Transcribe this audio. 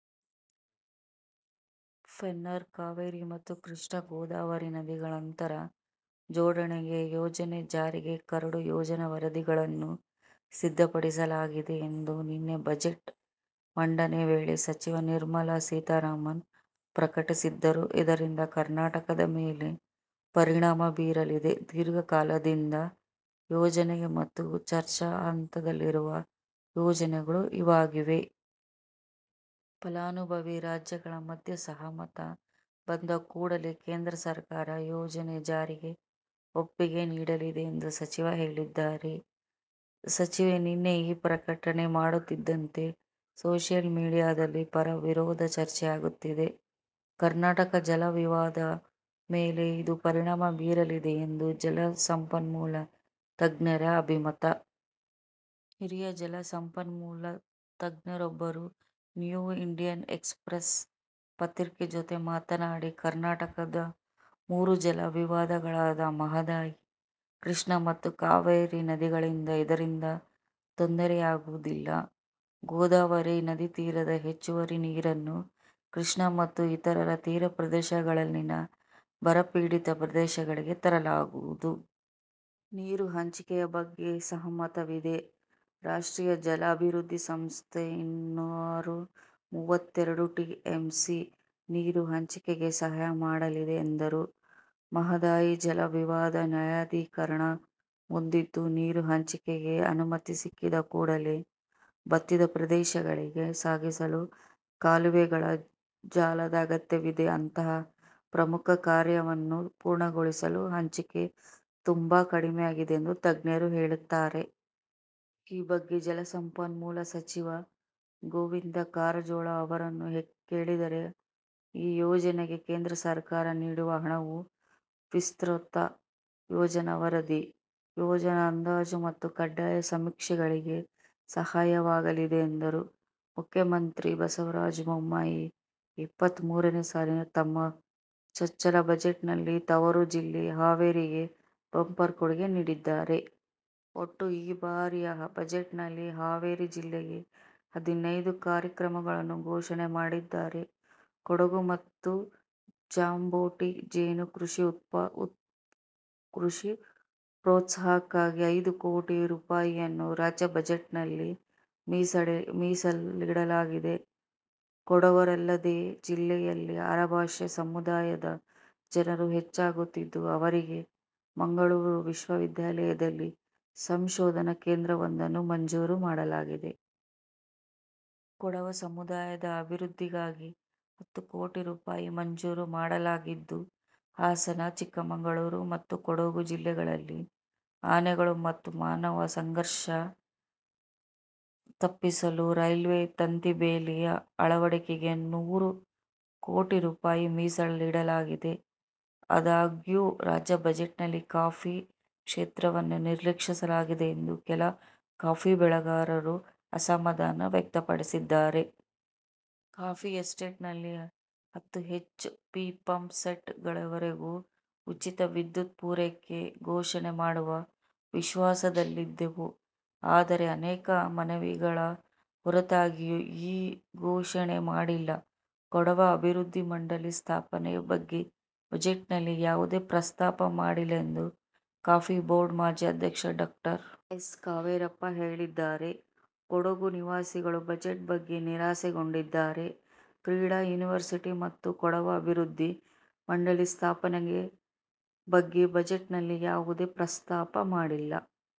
ಪೆನ್ನಾರ್-ಕಾವೇರಿ ಮತ್ತು ಕೃಷ್ಣಾ-ಗೋದಾವರಿ ನದಿಗಳ ಅಂತರ ಜೋಡಣೆ ಯೋಜನೆ ಜಾರಿಗೆ ಕರಡು ಯೋಜನಾ ವರದಿಗಳನ್ನು ಸಿದ್ದಪಡಿಸಲಾಗಿದೆ ಎಂದು ನಿನ್ನೆ ಬಜೆಟ್ ಮಂಡನೆ ವೇಳೆ ಸಚಿವೆ ನಿರ್ಮಲಾ ಸೀತಾರಾಮನ್ ಪ್ರಕಟಿಸಿದ್ದರು. ಇದರಿಂದ ಕರ್ನಾಟಕದ ಮೇಲೆ ಪರಿಣಾಮ ಬೀರಲಿದೆ. ದೀರ್ಘ ಕಾಲದಿಂದ ಯೋಜನೆ ಮತ್ತು ಚರ್ಚಾ ಹಂತದಲ್ಲಿರುವ ಯೋಜನೆಗಳು ಇವಾಗಿವೆ. ಫಲಾನುಭವಿ ರಾಜ್ಯಗಳ ಮಧ್ಯೆ ಸಹಮತ ಬಂದ ಕೂಡಲೇ ಕೇಂದ್ರ ಸರ್ಕಾರ ಯೋಜನೆ ಜಾರಿಗೆ ಒಪ್ಪಿಗೆ ನೀಡಲಿದೆ ಎಂದು ಸಚಿವೆ ಹೇಳಿದ್ದಾರೆ. ಸಚಿವೆ ನಿನ್ನೆ ಈ ಪ್ರಕಟಣೆ ಮಾಡುತ್ತಿದ್ದಂತೆ ಸೋಷಿಯಲ್ ಮೀಡಿಯಾದಲ್ಲಿ ಪರ-ವಿರೋಧ ಚರ್ಚೆಯಾಗುತ್ತಿದೆ. ಕರ್ನಾಟಕದ ಜಲ ವಿವಾದದ ಮೇಲೆ ಇದು ಪರಿಣಾಮ ಬೀರಲಿದೆ ಎಂದು ಜಲಸಂಪನ್ಮೂಲ ತಜ್ಞರ ಅಭಿಮತ. ಹಿರಿಯ ಜಲ ಸಂಪನ್ಮೂಲ ತಜ್ಞರೊಬ್ಬರು ನ್ಯೂ ಇಂಡಿಯನ್ ಎಕ್ಸ್ಪ್ರೆಸ್ ಪತ್ರಿಕೆ ಜೊತೆ ಮಾತನಾಡಿ, ಕರ್ನಾಟಕದ ಮೂರು ಜಲ ವಿವಾದಗಳಾದ ಮಹಾದಾಯಿ, ಕೃಷ್ಣ ಮತ್ತು ಕಾವೇರಿ ನದಿಗಳಿಂದ ಇದರಿಂದ ತೊಂದರೆಯಾಗುವುದಿಲ್ಲ. ಗೋದಾವರಿ ನದಿ ತೀರದ ಹೆಚ್ಚುವರಿ ನೀರನ್ನು ಕೃಷ್ಣ ಮತ್ತು ಇತರ ತೀರ ಪ್ರದೇಶಗಳಲ್ಲಿನ ಬರಪೀಡಿತ ಪ್ರದೇಶಗಳಿಗೆ ತರಲಾಗುವುದು. ನೀರು ಹಂಚಿಕೆಯ ಬಗ್ಗೆ ಸಹಮತವಿದೆ. ರಾಷ್ಟ್ರೀಯ ಜಲ ಅಭಿವೃದ್ಧಿ ಸಂಸ್ಥೆ ಇನ್ನೂರಾ ಮೂವತ್ತೆರಡು ಟಿಎಂಸಿ ನೀರು ಹಂಚಿಕೆಗೆ ಸಹಾಯ ಮಾಡಲಿದೆ ಎಂದರು. ಮಹಾದಾಯಿ ಜಲ ವಿವಾದ ನ್ಯಾಯಾಧೀಕರಣ ಮುಂದಿದ್ದು, ನೀರು ಹಂಚಿಕೆಗೆ ಅನುಮತಿ ಸಿಕ್ಕಿದ ಕೂಡಲೇ ಬತ್ತಿದ ಪ್ರದೇಶಗಳಿಗೆ ಸಾಗಿಸಲು ಕಾಲುವೆಗಳ ಜಾಲದ ಅಗತ್ಯವಿದೆ. ಅಂತಹ ಪ್ರಮುಖ ಕಾರ್ಯಕ್ರಮವನ್ನು ಪೂರ್ಣಗೊಳಿಸಲು ಹಂಚಿಕೆ ತುಂಬಾ ಕಡಿಮೆಯಾಗಿದೆ ಎಂದು ತಜ್ಞರು ಹೇಳುತ್ತಾರೆ. ಈ ಬಗ್ಗೆ ಜಲಸಂಪನ್ಮೂಲ ಸಚಿವ ಗೋವಿಂದ ಕಾರಜೋಳ ಅವರನ್ನು ಕೇಳಿದರೆ ಈ ಯೋಜನೆಗೆ ಕೇಂದ್ರ ಸರ್ಕಾರ ನೀಡುವ ಹಣವು ವಿಸ್ತೃತ ಯೋಜನಾ ವರದಿ, ಯೋಜನಾ ಅಂದಾಜು ಮತ್ತು ಕಡ್ಡಾಯ ಸಮೀಕ್ಷೆಗಳಿಗೆ ಸಹಾಯವಾಗಲಿದೆ ಎಂದರು. ಮುಖ್ಯಮಂತ್ರಿ ಬಸವರಾಜ ಬೊಮ್ಮಾಯಿ ಇಪ್ಪತ್ತ ಮೂರನೇ ಸಾಲಿನ ತಮ್ಮ ಚೊಚ್ಚಲ ಬಜೆಟ್ ನಲ್ಲಿ ತವರು ಜಿಲ್ಲೆ ಹಾವೇರಿಗೆ ಬಂಪರ್ ಕೊಡುಗೆ ನೀಡಿದ್ದಾರೆ. ಒಟ್ಟು ಈ ಬಾರಿಯ ಬಜೆಟ್ ನಲ್ಲಿ ಹಾವೇರಿ ಜಿಲ್ಲೆಗೆ ಹದಿನೈದು ಕಾರ್ಯಕ್ರಮಗಳನ್ನು ಘೋಷಣೆ ಮಾಡಿದ್ದಾರೆ. ಕೊಡಗು ಮತ್ತು ಜಾಂಬೋಟಿ ಜೇನು ಕೃಷಿ ಪ್ರೋತ್ಸಾಹಕ್ಕಾಗಿ ಐದು ಕೋಟಿ ರುಪಾಯಿಯನ್ನು ರಾಜ್ಯ ಬಜೆಟ್ ನಲ್ಲಿ ಮೀಸಲಿಡಲಾಗಿದೆ. ಕೊಡವರಲ್ಲದೇ, ಜಿಲ್ಲೆಯಲ್ಲಿ ಅರೆಭಾಷೆ ಸಮುದಾಯದ ಜನರು ಹೆಚ್ಚಾಗುತ್ತಿದ್ದು, ಅವರಿಗೆ ಮಂಗಳೂರು ವಿಶ್ವವಿದ್ಯಾಲಯದಲ್ಲಿ ಸಂಶೋಧನಾ ಕೇಂದ್ರವೊಂದನ್ನು ಮಂಜೂರು ಮಾಡಲಾಗಿದೆ. ಕೊಡವ ಸಮುದಾಯದ ಅಭಿವೃದ್ಧಿಗಾಗಿ ಹತ್ತು ಕೋಟಿ ರುಪಾಯಿ ಮಂಜೂರು ಮಾಡಲಾಗಿದ್ದು, ಹಾಸನ, ಚಿಕ್ಕಮಗಳೂರು ಮತ್ತು ಕೊಡಗು ಜಿಲ್ಲೆಗಳಲ್ಲಿ ಆನೆಗಳು ಮತ್ತು ಮಾನವ ಸಂಘರ್ಘ ತಪ್ಪಿಸಲು ರೈಲ್ವೆ ತಂತಿ ಬೇಲಿ ಅಳವಡಿಕೆಗೆ ನೂರು ಕೋಟಿ ರುಪಾಯಿ ಮೀಸಲಿಡಲಾಗಿದೆ. ಆದಾಗ್ಯೂ, ರಾಜ್ಯ ಬಜೆಟ್ ನಲ್ಲಿ ಕಾಫಿ ಕ್ಷೇತ್ರವನ್ನು ನಿರ್ಲಕ್ಷಿಸಲಾಗಿದೆ ಎಂದು ಕೆಲ ಕಾಫಿ ಬೆಳೆಗಾರರು ಅಸಮಾಧಾನ ವ್ಯಕ್ತಪಡಿಸಿದ್ದಾರೆ. ಕಾಫಿ ಎಸ್ಟೇಟ್ ನಲ್ಲಿ ಹತ್ತು ಹೆಚ್ ಪಿ ಪಂಪ್ ಸೆಟ್ ಗಳವರೆಗೂ ಉಚಿತ ವಿದ್ಯುತ್ ಪೂರೈಕೆ ಘೋಷಣೆ ಮಾಡುವ ವಿಶ್ವಾಸದಲ್ಲಿದ್ದೆವು. ಆದರೆ, ಅನೇಕ ಮನವಿಗಳ ಹೊರತಾಗಿಯೂ ಈ ಘೋಷಣೆ ಮಾಡಿಲ್ಲ, ಕೊಡವ ಅಭಿವೃದ್ಧಿ ಮಂಡಳಿ ಸ್ಥಾಪನೆ ಬಗ್ಗೆ ಬಜೆಟ್ ನಲ್ಲಿ ಯಾವುದೇ ಪ್ರಸ್ತಾಪ ಮಾಡಿಲ್ಲ ಎಂದು ಕಾಫಿ ಬೋರ್ಡ್ ಮಾಜಿ ಅಧ್ಯಕ್ಷ ಡಾ. ಎಸ್. ಕಾವೇರಪ್ಪ ಹೇಳಿದ್ದಾರೆ. ಕೊಡಗು ನಿವಾಸಿಗಳು ಬಜೆಟ್ ಬಗ್ಗೆ ನಿರಾಸೆಗೊಂಡಿದ್ದಾರೆ. ಕ್ರೀಡಾ ಯೂನಿವರ್ಸಿಟಿ ಮತ್ತು ಕೊಡವ ಅಭಿವೃದ್ಧಿ ಮಂಡಳಿ ಸ್ಥಾಪನೆ ಬಗ್ಗೆ ಬಜೆಟ್ ನಲ್ಲಿ ಯಾವುದೇ ಪ್ರಸ್ತಾಪ ಮಾಡಿಲ್ಲ.